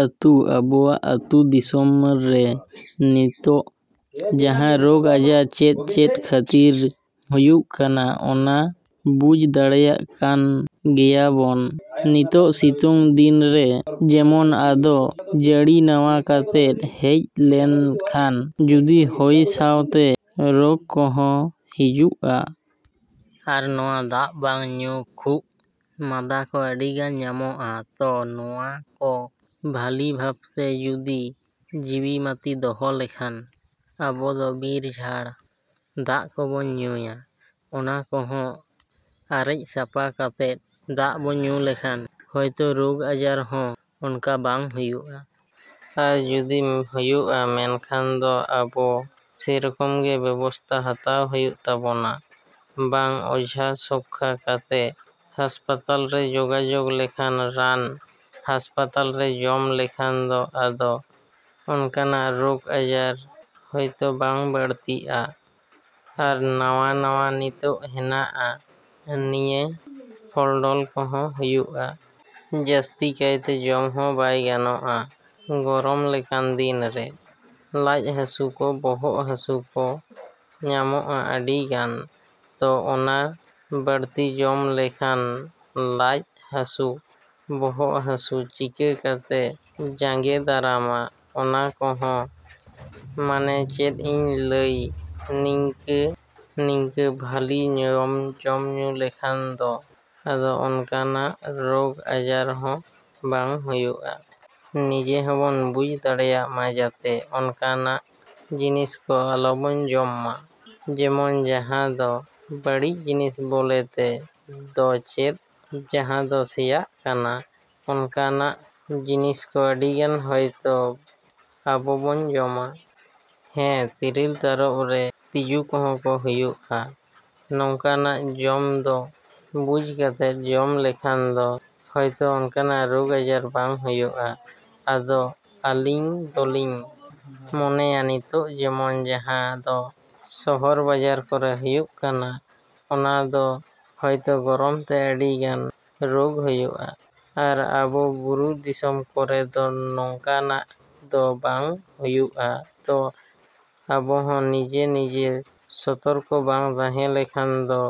ᱟᱛᱩ, ᱟᱵᱚᱣᱟᱜ ᱟᱛᱩ ᱫᱤᱥᱚᱢ ᱨᱮ ᱱᱤᱛᱚᱜ ᱡᱟᱦᱟᱸ ᱨᱚᱜᱽ ᱟᱡᱟᱨ ᱪᱮᱫ ᱪᱮᱫ ᱠᱷᱟᱹᱛᱤᱨ ᱦᱩᱭᱩᱜ ᱠᱟᱱᱟ ᱚᱱᱟ ᱵᱩᱡᱷ ᱫᱟᱲᱮᱭᱟᱜ ᱠᱟᱱ ᱜᱮᱭᱟ ᱵᱚᱱ᱾ ᱱᱤᱛᱚᱜ ᱥᱤᱛᱩᱝ ᱫᱤᱱ ᱨᱮ ᱡᱮᱢᱚᱱ ᱫᱟᱜ ᱡᱟᱹᱲᱤ ᱱᱟᱣᱟ ᱠᱟᱛᱮ ᱦᱮᱡ ᱞᱮᱱ ᱠᱷᱟᱱ ᱡᱩᱫᱤ ᱦᱚᱭ ᱥᱟᱶᱛᱮ ᱨᱚᱜᱽ ᱠᱚᱦᱚᱸ ᱦᱤᱡᱩᱜᱼᱟ᱾ ᱟᱨ ᱱᱟᱣᱟ ᱫᱟᱜ ᱵᱚᱱ ᱧᱩ ᱞᱮᱠᱷᱟᱱ ᱠᱷᱩᱜᱽ ᱢᱟᱸᱫᱟ ᱠᱚ ᱟᱹᱰᱤ ᱜᱟᱱ ᱧᱟᱢᱚᱜᱼᱟ᱾ ᱛᱚ, ᱱᱚᱣᱟ ᱠᱚ ᱵᱷᱟᱹᱞᱤ ᱵᱷᱟᱵᱽ ᱛᱮ ᱡᱩᱫᱤ ᱡᱤᱣᱤ ᱡᱟᱹᱛᱤ ᱫᱚᱦᱚ ᱞᱮᱠᱷᱟᱱ ᱟᱵᱚᱫᱚ ᱵᱤᱨᱼᱡᱷᱟᱲ ᱫᱟᱜ ᱠᱚ ᱵᱚᱱ ᱧᱩᱭᱟ᱾ ᱚᱱᱟ ᱠᱚᱦᱚᱸ ᱟᱨᱮᱡᱽ ᱥᱟᱯᱷᱟ ᱠᱟᱛᱮ ᱫᱟᱜ ᱵᱚᱱ ᱧᱩ ᱞᱮᱠᱷᱟᱱ ᱦᱚᱭᱛᱚ ᱨᱚᱜᱽ ᱟᱡᱟᱨ ᱦᱚᱸ ᱚᱱᱠᱟ ᱵᱟᱝ ᱦᱩᱭᱩᱜᱼᱟ᱾ ᱟᱨ ᱡᱩᱫᱤ ᱦᱩᱭᱩᱜᱼᱟ, ᱢᱮᱱᱠᱷᱟᱱ ᱫᱚ ᱟᱵᱚ ᱥᱮᱨᱚᱠᱚᱢ ᱜᱮ ᱵᱮᱵᱚᱥᱛᱟᱭ ᱦᱩᱭᱩᱜ ᱛᱟᱵᱚᱱᱟ᱾ ᱵᱟᱝ ᱚᱡᱷᱟ ᱥᱚᱠᱷᱟ ᱠᱟᱛᱮ, ᱦᱟᱥᱯᱟᱛᱟᱞ ᱨᱮ ᱡᱚᱜᱟᱡᱚᱜᱽ ᱞᱮᱠᱷᱟᱱ ᱨᱟᱱ ᱦᱟᱥᱯᱟᱛᱟᱞ ᱨᱮᱵᱚᱱ ᱡᱚᱢ ᱞᱮᱠᱷᱟᱱ ᱫᱚ ᱟᱫᱚ ᱚᱱᱠᱟᱱᱟᱜ ᱨᱚᱜᱽ ᱟᱡᱟᱨ ᱦᱚᱭᱛᱚ ᱵᱟᱝ ᱵᱟᱹᱲᱛᱤᱜᱼᱟ᱾ ᱟᱨ ᱱᱟᱣᱟ ᱱᱟᱣᱟ ᱱᱤᱛᱚᱜ ᱦᱮᱱᱟᱜᱼᱟ, ᱱᱤᱭᱟᱹ ᱯᱷᱚᱞ ᱰᱚᱞ ᱠᱚᱦᱚᱸ ᱦᱩᱭᱩᱜᱼᱟ᱾ ᱡᱟᱹᱥᱛᱤ ᱠᱟᱭᱛᱮ ᱡᱚᱢ ᱦᱚᱸ ᱵᱟᱭ ᱜᱟᱱᱚᱜᱼᱟ ᱜᱚᱨᱚᱢ ᱞᱮᱠᱟᱱ ᱫᱤᱱ ᱨᱮ᱾ ᱞᱟᱡ ᱦᱟᱹᱥᱩ ᱠᱚ, ᱵᱚᱦᱚᱜ ᱦᱟᱹᱥᱩ ᱠᱚ ᱧᱟᱢᱚᱜᱼᱟ ᱟᱹᱰᱤ ᱜᱟᱱ᱾ ᱛᱚ, ᱚᱱᱟ ᱵᱟᱹᱲᱛᱤ ᱡᱚᱢ ᱞᱮᱠᱷᱟᱱ ᱞᱟᱡ ᱦᱟᱹᱥᱩ, ᱵᱚᱦᱚᱜ ᱦᱟᱹᱥᱩ ᱪᱤᱠᱟᱹ ᱠᱟᱛᱮ ᱡᱟᱸᱜᱮ ᱫᱟᱨᱟᱢᱚᱜᱼᱟ ᱚᱱᱟ ᱠᱚᱦᱚᱸ ᱢᱟᱱᱮ ᱪᱮᱫ ᱤᱧ ᱞᱟᱹᱭᱟ ᱱᱤᱱᱠᱟᱹ ᱵᱷᱟᱹᱞᱤ ᱡᱚᱢ, ᱧᱩ ᱞᱮᱠᱷᱟᱱ ᱫᱚ ᱟᱫᱚ ᱚᱱᱠᱟᱱᱟᱜ ᱨᱚᱜᱽ ᱟᱡᱟᱨ ᱦᱚᱸ ᱵᱟᱝ ᱦᱩᱭᱩᱜᱼᱟ᱾ ᱱᱤᱡᱮ ᱦᱚᱸ ᱵᱚᱱ ᱵᱩᱡᱷ ᱫᱟᱲᱮᱜᱼᱢᱟ ᱡᱟᱛᱮ ᱚᱱᱠᱟᱱᱟᱜ ᱡᱤᱱᱤᱥ ᱠᱚ ᱟᱞᱚ ᱵᱚᱱ ᱡᱚᱢ ᱢᱟ᱾ ᱡᱮᱢᱚᱱ ᱡᱟᱦᱟᱸ ᱫᱚ ᱵᱟᱹᱲᱤᱡ ᱡᱤᱱᱤᱥ ᱵᱚᱞᱛᱮ ᱫᱚ ᱪᱮᱫ? ᱡᱟᱦᱟᱸ ᱫᱚ ᱥᱮᱭᱟᱜ ᱠᱟᱱᱟ, ᱚᱱᱠᱟᱱᱟᱜ ᱡᱤᱱᱤᱥ ᱠᱚ ᱟᱹᱰᱤ ᱜᱟᱱ ᱦᱚᱭᱛᱚ ᱟᱵᱚ ᱵᱚᱱ ᱡᱚᱢᱟ᱾ ᱦᱮᱸ᱾ ᱛᱤᱨᱤᱞ ᱛᱟᱨᱚᱯ ᱨᱮ ᱛᱤᱡᱩ ᱠᱚᱦᱚᱸ ᱠᱚ ᱦᱩᱭᱩᱜᱼᱟ᱾ ᱱᱚᱝᱠᱟᱱᱟᱜ ᱡᱚᱢ ᱫᱚ ᱵᱩᱡᱷ ᱠᱟᱛᱮᱫ ᱡᱚᱢ ᱞᱮᱠᱷᱟᱱ ᱫᱚ ᱦᱚᱭᱛᱚ ᱚᱱᱠᱟᱱᱟᱜ ᱨᱚᱜᱽ ᱟᱡᱟᱨ ᱵᱟᱝ ᱦᱩᱭᱩᱜᱼᱟ᱾ ᱟᱫᱚ ᱟᱹᱞᱤᱧ ᱫᱚᱞᱤᱧ ᱢᱚᱱᱮᱭᱟ ᱱᱤᱛᱚᱜ ᱡᱮᱢᱚᱱ ᱡᱟᱦᱟᱸ ᱫᱚ ᱥᱚᱦᱚᱨ ᱵᱟᱡᱟᱨ ᱠᱚᱨᱮ ᱦᱩᱭᱩᱜ ᱠᱟᱱᱟ ᱚᱱᱟᱫᱚ ᱦᱚᱭᱛᱚ ᱜᱚᱨᱚᱢ ᱛᱮ ᱟᱹᱰᱤ ᱜᱟᱱ ᱨᱚᱜᱽ ᱦᱩᱭᱩᱜᱼᱟ᱾ ᱟᱨ ᱟᱵᱚ ᱵᱩᱨᱩ ᱫᱤᱥᱚᱢ ᱠᱚᱨᱮ ᱫᱚ ᱚᱱᱠᱟᱱᱟᱜ ᱫᱚ ᱵᱟᱝ ᱦᱩᱭᱩᱜᱼᱟ᱾ ᱛᱚ, ᱟᱵᱚᱦᱚᱸ ᱱᱤᱡᱮ ᱱᱤᱡᱮ ᱥᱚᱛᱚᱨᱠᱚ ᱵᱟᱝ ᱛᱟᱦᱮᱸ ᱞᱮᱱ ᱠᱷᱟᱱ ᱫᱚ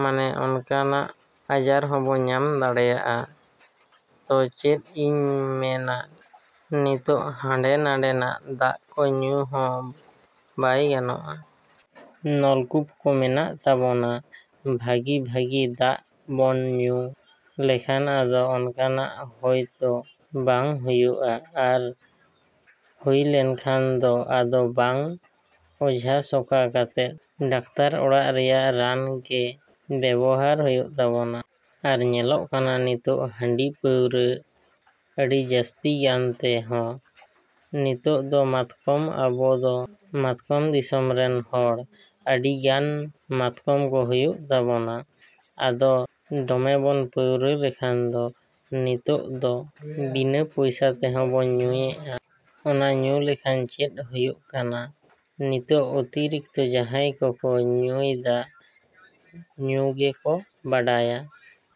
ᱢᱟᱱᱮ ᱚᱱᱠᱟᱱᱟᱜ ᱟᱡᱟᱨ ᱦᱚᱸ ᱵᱚᱱ ᱧᱟᱢ ᱫᱟᱲᱮᱭᱟᱜᱼᱟ᱾ ᱛᱚ, ᱪᱮᱫ ᱞᱤᱧ ᱢᱮᱱᱟ ᱱᱤᱛᱚᱜ ᱦᱟᱸᱰᱮ ᱱᱟᱸᱰᱮᱱᱟᱜ ᱫᱟᱜ ᱠᱚ ᱧᱩ ᱦᱚᱸ ᱵᱟᱭ ᱜᱟᱱᱚᱜᱼᱟ᱾ ᱱᱚᱞᱠᱩᱯ ᱠᱚ ᱢᱮᱱᱟᱜ ᱛᱟᱵᱚᱱᱟ, ᱵᱷᱟᱹᱜᱤ ᱵᱷᱟᱹᱜᱤ ᱫᱟᱜ ᱵᱚᱱ ᱧᱩ ᱞᱮᱠᱷᱟᱱ ᱟᱫᱚ ᱚᱱᱠᱟᱱᱟᱜ ᱦᱚᱭᱛᱚ ᱵᱟᱝ ᱦᱩᱭᱩᱜᱼᱟ᱾ ᱟᱨ ᱦᱩᱭ ᱞᱮᱱ ᱠᱷᱟᱱ ᱫᱚ, ᱟᱫᱚ ᱵᱟᱝ ᱚᱡᱷᱟ ᱥᱚᱠᱷᱟ ᱠᱟᱛᱮ ᱰᱟᱠᱛᱟᱨ ᱚᱲᱟᱜ ᱨᱮᱭᱟᱜ ᱨᱟᱱ ᱜᱮ ᱵᱮᱵᱚᱦᱟᱨ ᱦᱩᱭᱩᱜ ᱛᱟᱵᱚᱱᱟ᱾ ᱟᱨ ᱧᱮᱞᱚᱜ ᱠᱟᱱᱟ ᱱᱤᱛᱚᱜ ᱦᱟᱺᱰᱤ ᱯᱟᱹᱣᱨᱟᱹ ᱟᱹᱰᱤ ᱡᱟᱹᱥᱛᱤ ᱜᱟᱱ ᱛᱮ ᱦᱚᱸ ᱱᱤᱛᱚᱜ ᱫᱚ ᱢᱟᱛᱠᱚᱢ, ᱟᱵᱚᱫᱚ ᱢᱟᱛᱠᱚᱢ ᱫᱤᱥᱚᱢ ᱨᱮᱱ ᱦᱚᱲ ᱟᱹᱰᱤ ᱜᱟᱱ ᱢᱟᱛᱠᱚᱢ ᱠᱚ ᱦᱩᱭᱩᱜ ᱛᱟᱵᱚᱱᱟ᱾ ᱟᱫᱚ ᱫᱚᱢᱮ ᱵᱚᱱ ᱯᱟᱹᱣᱨᱟᱹ ᱞᱮᱠᱷᱟᱱ ᱫᱚ ᱱᱤᱛᱚᱜ ᱫᱚ ᱵᱤᱱᱟᱹ ᱯᱚᱭᱥᱟ ᱛᱮᱦᱚᱸ ᱵᱚᱱ ᱧᱩᱭᱮᱜᱼᱟ᱾ ᱚᱱᱟ ᱧᱩ ᱞᱮᱠᱷᱟᱱ ᱪᱮᱫ ᱦᱩᱭᱩᱜ ᱠᱟᱱᱟ? ᱱᱤᱛᱚᱜ ᱚᱛᱤᱨᱤᱠᱛᱚ ᱡᱟᱦᱟᱸᱭ ᱠᱚᱠᱚ ᱧᱩᱭᱮᱫᱟ ᱩᱱᱠᱩ ᱜᱮ ᱠᱚ ᱵᱟᱰᱟᱭᱟ᱾